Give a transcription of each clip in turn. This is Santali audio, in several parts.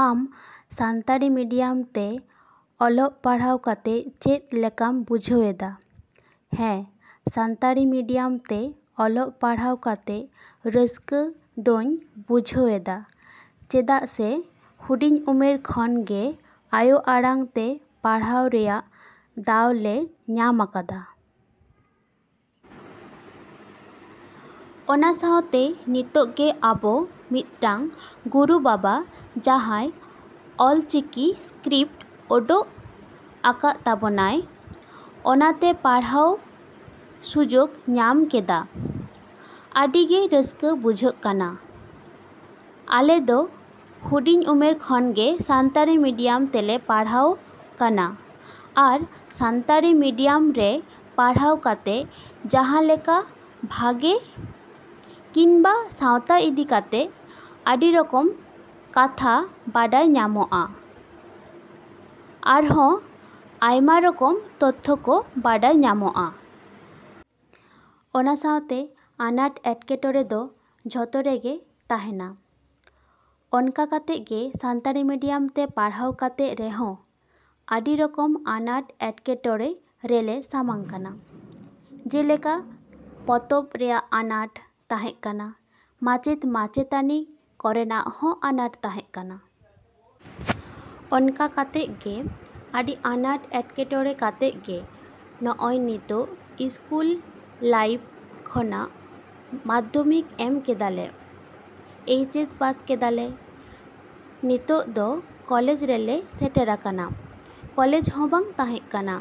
ᱟᱢ ᱥᱟᱱᱛᱟᱲᱤ ᱢᱤᱰᱤᱭᱟᱢ ᱛᱮ ᱚᱞᱚᱜ ᱯᱟᱲᱦᱟᱣ ᱠᱟᱛᱮ ᱪᱮᱫ ᱞᱮᱠᱟᱢ ᱟᱹᱭᱠᱟᱹᱣ ᱮᱫᱟ? ᱦᱮᱸ, ᱥᱟᱱᱛᱟᱲᱤ ᱢᱤᱰᱤᱭᱟᱢ ᱛᱮ ᱚᱞᱚᱜ ᱯᱟᱲᱦᱟᱣ ᱠᱟᱛᱮ ᱨᱟᱹᱥᱠᱟᱹ ᱫᱚᱧ ᱵᱩᱡᱷᱟᱹᱣ ᱮᱫᱟ ᱪᱮᱫᱟᱜ ᱥᱮ ᱦᱩᱰᱤᱧ ᱩᱢᱮᱨ ᱠᱷᱚᱱ ᱜᱮ ᱟᱭᱳ ᱟᱲᱟᱝ ᱛᱮ ᱯᱟᱲᱦᱟᱣ ᱨᱮᱭᱟᱜ ᱫᱟᱣ ᱞᱮ ᱧᱟᱢ ᱟᱠᱟᱫᱟ᱾ ᱚᱱᱟ ᱥᱟᱶᱛᱮ ᱱᱤᱛᱚᱜ ᱜᱮ ᱟᱵᱚ ᱢᱤᱫᱴᱟᱝ ᱜᱩᱨᱩ ᱵᱟᱵᱟ ᱡᱟᱦᱟᱸ ᱚᱞ ᱪᱤᱠᱤ ᱥᱠᱨᱤᱯᱴ ᱚᱰᱚᱠ ᱟᱠᱟᱜ ᱛᱟᱵᱚᱱᱟᱭ, ᱚᱱᱟ ᱛᱮ ᱯᱟᱲᱦᱟᱣ ᱥᱩᱡᱚᱜ ᱧᱟᱢ ᱠᱮᱫᱟ᱾ ᱟᱹᱰᱤ ᱜᱮ ᱨᱟᱹᱥᱠᱟᱹ ᱵᱩᱡᱷᱟᱹᱜ ᱠᱟᱱᱟ᱾ ᱟᱞᱮ ᱫᱚ ᱦᱩᱰᱤᱧ ᱩᱢᱮᱨ ᱠᱷᱚᱱ ᱜᱮ ᱥᱟᱱᱛᱟᱲᱤ ᱢᱤᱰᱤᱭᱟᱢ ᱛᱮᱞᱮ ᱯᱟᱲᱦᱟᱜ ᱠᱟᱱᱟ ᱟᱨ ᱥᱟᱱᱛᱟᱲᱤ ᱢᱤᱰᱤᱭᱟᱢ ᱨᱮ ᱯᱟᱲᱦᱟᱣ ᱠᱟᱛᱮ ᱡᱟᱦᱟᱸ ᱞᱮᱠᱟ ᱵᱷᱟᱜᱮ ᱠᱤᱱᱵᱟ ᱥᱟᱶᱛᱟ ᱤᱫᱤ ᱠᱟᱛᱮ ᱟᱹᱰᱤ ᱨᱚᱠᱚᱢ ᱠᱟᱛᱷᱟ ᱵᱟᱰᱟᱭ ᱧᱟᱢᱚᱜᱼᱟ ᱟᱨᱦᱚᱸ ᱟᱭᱢᱟ ᱨᱚᱠᱚᱢ ᱛᱚᱛᱛᱷᱚ ᱠᱚ ᱵᱟᱲᱟᱭ ᱧᱟᱢᱚᱜᱼᱟ᱾ ᱚᱱᱟ ᱥᱟᱶᱛᱮ ᱟᱱᱟᱴ ᱮᱴᱠᱮᱴᱚᱬᱮ ᱫᱚ ᱡᱷᱚᱛᱚ ᱨᱮᱜᱮ ᱛᱟᱦᱮᱱᱟ᱾ ᱚᱱᱠᱟ ᱠᱟᱛᱮ ᱜᱮ ᱥᱟᱱᱛᱟᱲᱤ ᱢᱤᱰᱤᱭᱟᱢ ᱛᱮ ᱯᱟᱲᱦᱟᱣ ᱠᱟᱛᱮ ᱨᱮᱦᱚᱸ ᱟᱹᱰᱤ ᱨᱚᱠᱚᱢ ᱟᱱᱟᱴ ᱮᱴᱠᱮᱴᱚᱬᱮ ᱨᱮᱞᱮ ᱥᱟᱢᱟᱝ ᱠᱟᱱᱟ᱾ ᱡᱮᱞᱮᱠᱟ ᱯᱚᱛᱚᱵ ᱨᱮᱱᱟᱜ ᱟᱱᱟᱴ ᱛᱟᱦᱮᱸ ᱠᱟᱱᱟ, ᱢᱟᱪᱮᱫ ᱢᱟᱪᱮᱛᱟᱹᱱᱤ ᱠᱚᱨᱮᱱᱟᱜ ᱦᱚᱸ ᱟᱱᱟᱴ ᱛᱟᱦᱮᱸ ᱠᱟᱱᱟ᱾ ᱚᱱᱠᱟ ᱠᱟᱛᱮ ᱜᱮ ᱟᱹᱰᱤ ᱟᱱᱟᱴ ᱮᱴᱠᱮᱴᱚᱬᱮ ᱠᱟᱛᱮ ᱜᱮ ᱱᱚᱜᱼᱚᱭ ᱱᱤᱛᱚᱜ ᱤᱥᱠᱩᱞ ᱞᱟᱭᱤᱯᱷ ᱠᱷᱚᱱᱟᱜ ᱢᱟᱫᱽᱫᱷᱚᱢᱤᱠ ᱮᱢ ᱠᱮᱫᱟᱞᱮ, ᱮᱭᱪ ᱮᱥ ᱯᱟᱥ ᱠᱮᱫᱟᱞᱮ, ᱱᱤᱛᱚᱜ ᱫᱚ ᱠᱚᱞᱮᱡᱽ ᱨᱮᱞᱮ ᱥᱮᱴᱮᱨ ᱟᱠᱟᱱᱟ᱾ ᱠᱚᱞᱮᱡᱽ ᱦᱚᱸ ᱵᱟᱝ ᱛᱟᱦᱮᱸ ᱠᱟᱱᱟ᱾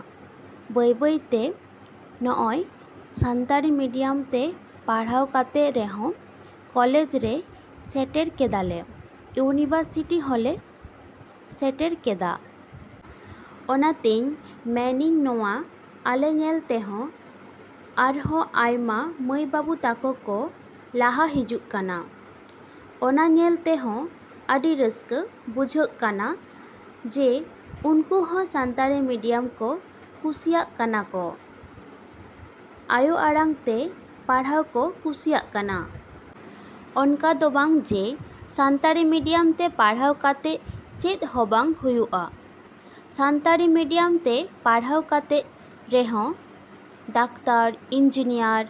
ᱵᱟᱹᱭᱼᱵᱟᱹᱭ ᱛᱮ ᱱᱚᱜᱼᱚᱭ ᱥᱟᱱᱛᱟᱲᱤ ᱢᱤᱰᱤᱭᱟᱢ ᱛᱮ ᱯᱟᱲᱦᱟᱣ ᱠᱟᱛᱮ ᱨᱮᱦᱚᱸ ᱠᱚᱞᱮᱡᱽ ᱨᱮ ᱥᱮᱴᱮᱨ ᱠᱮᱫᱟᱞᱮ, ᱤᱭᱩᱱᱤᱵᱷᱟᱨᱥᱤᱴᱤ ᱦᱚᱸᱞᱮ ᱥᱮᱴᱮᱨ ᱠᱮᱫᱟ᱾ ᱚᱱᱟᱛᱮᱧ ᱢᱮᱱᱤᱧ ᱱᱚᱣᱟ ᱟᱞᱮ ᱧᱮᱞᱛᱮ ᱟᱨᱦᱚᱸ ᱟᱭᱢᱟ ᱢᱟᱹᱭ ᱵᱟᱹᱵᱩ ᱛᱟᱠᱚ ᱠᱚ ᱞᱟᱦᱟ ᱦᱤᱡᱩᱜ ᱠᱟᱱᱟ᱾ ᱚᱱᱟ ᱧᱮᱞᱛᱮ ᱦᱚᱸ ᱟᱹᱰᱤ ᱨᱟᱹᱥᱠᱟᱹ ᱵᱩᱡᱷᱟᱹᱜ ᱠᱟᱱᱟ ᱡᱮ ᱩᱱᱠᱩ ᱦᱚᱸ ᱥᱟᱱᱛᱟᱲᱤ ᱢᱤᱰᱤᱭᱟᱢ ᱠᱚ ᱠᱩᱥᱤᱭᱟᱜ ᱠᱟᱱᱟ ᱠᱚ, ᱟᱭᱳ ᱟᱲᱟᱝ ᱛᱮ ᱯᱟᱲᱦᱟᱣ ᱠᱚ ᱠᱩᱥᱤᱭᱟᱜ ᱠᱟᱱᱟ᱾ ᱱᱚᱝᱠᱟ ᱫᱚ ᱵᱟᱝ ᱡᱮ ᱥᱟᱱᱛᱟᱲᱤ ᱢᱤᱰᱤᱭᱟᱢ ᱛᱮ ᱯᱟᱲᱦᱟᱣ ᱠᱟᱛᱮ ᱪᱮᱫ ᱦᱚᱸ ᱵᱟᱝ ᱦᱩᱭᱩᱜᱼᱟ᱾ ᱥᱟᱱᱛᱟᱲᱤ ᱢᱤᱰᱤᱭᱟᱢ ᱛᱮ ᱯᱟᱲᱦᱟᱣ ᱠᱟᱛᱮ ᱨᱮᱦᱚᱸ ᱰᱟᱠᱛᱟᱨ, ᱤᱧᱡᱤᱱᱤᱭᱟᱹᱨ,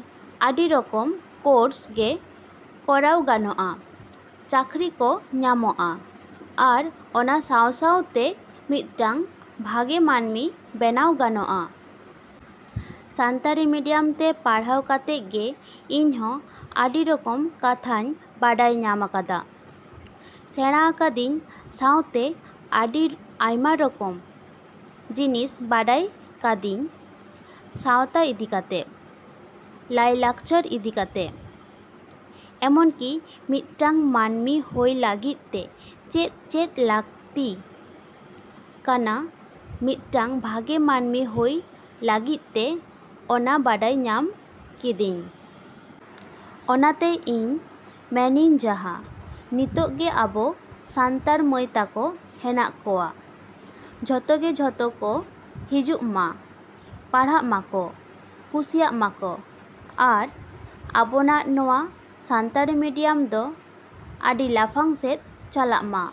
ᱟᱹᱰᱤ ᱨᱚᱠᱚᱢ ᱠᱚᱨᱥ ᱜᱮ ᱠᱚᱨᱟᱣ ᱜᱟᱱᱚᱜᱼᱟ, ᱪᱟᱹᱠᱨᱤ ᱠᱚ ᱧᱟᱢᱚᱜᱼᱟ ᱟᱨ ᱚᱱᱟ ᱥᱟᱶᱼᱥᱟᱶᱛᱮ ᱢᱤᱫᱴᱟᱝ ᱵᱷᱟᱜᱮ ᱢᱟᱹᱱᱢᱤ ᱵᱮᱱᱟᱣ ᱜᱟᱱᱚᱜᱼᱟ᱾ ᱥᱟᱱᱛᱟᱲᱤ ᱢᱤᱰᱤᱭᱟᱢ ᱛᱮ ᱯᱟᱲᱦᱟᱣ ᱠᱟᱛᱮ ᱜᱮ ᱤᱧ ᱦᱚᱸ ᱟᱹᱰᱤ ᱨᱚᱠᱚᱢ ᱠᱟᱛᱷᱟᱧ ᱵᱟᱰᱟᱭ ᱧᱟᱢ ᱟᱠᱟᱫᱟ, ᱥᱮᱬᱟ ᱠᱟᱫᱤᱧ ᱥᱟᱶᱛᱮ ᱟᱹᱰᱤ ᱟᱭᱢᱟ ᱨᱚᱠᱚᱢ ᱡᱤᱱᱤᱥ ᱵᱟᱰᱟᱭ ᱠᱟ.ᱫᱟ.ᱧ ᱥᱟᱶᱛᱟ ᱤᱫᱤ ᱠᱟᱛᱮ, ᱞᱟᱭ ᱞᱟᱠᱪᱟᱨ ᱤᱫᱤ ᱠᱟᱛᱮ, ᱮᱢᱚᱱ ᱠᱤ ᱢᱤᱫᱴᱟᱝ ᱢᱟᱹᱱᱢᱤ ᱦᱩᱭ ᱞᱟᱹᱜᱤᱫ ᱛᱮ ᱪᱮᱫ ᱪᱮᱫ ᱞᱟᱹᱠᱛᱤᱜ ᱠᱟᱱᱟ ᱢᱤᱫᱴᱟᱝ ᱵᱷᱟᱜᱮ ᱢᱟᱹᱱᱢᱤ ᱦᱩᱭ ᱞᱟᱹᱜᱤᱫ ᱛᱮ, ᱚᱱᱟ ᱵᱟᱰᱟᱭ ᱧᱟᱢ ᱠᱮᱫᱟ.ᱧ᱾ ᱚᱱᱟᱛᱮ ᱤᱧ ᱢᱮᱱᱟᱹᱧ ᱡᱟᱦᱟᱸ ᱛᱤᱱᱟᱹᱜ ᱜᱮ ᱟᱵᱚ ᱥᱟᱱᱛᱟᱲ ᱢᱟᱹᱭ ᱛᱟᱠᱚ ᱦᱮᱱᱟᱜ ᱠᱚᱣᱟ, ᱡᱷᱚᱛᱚ ᱜᱮ ᱡᱚᱛᱚ ᱠᱚ ᱦᱤᱡᱩᱜ ᱢᱟ, ᱯᱟᱲᱦᱟᱜ ᱢᱟᱠᱚ, ᱠᱩᱥᱤᱭᱟᱜ ᱢᱟᱠᱚ ᱟᱨ ᱟᱵᱚᱱᱟᱜ ᱱᱚᱣᱟ ᱥᱟᱱᱛᱟᱲᱤ ᱢᱤᱰᱤᱭᱟᱢ ᱫᱚ ᱟᱹᱰᱤ ᱞᱟᱯᱷᱟᱝ ᱥᱮᱫ ᱪᱟᱞᱟᱜ ᱢᱟ᱾।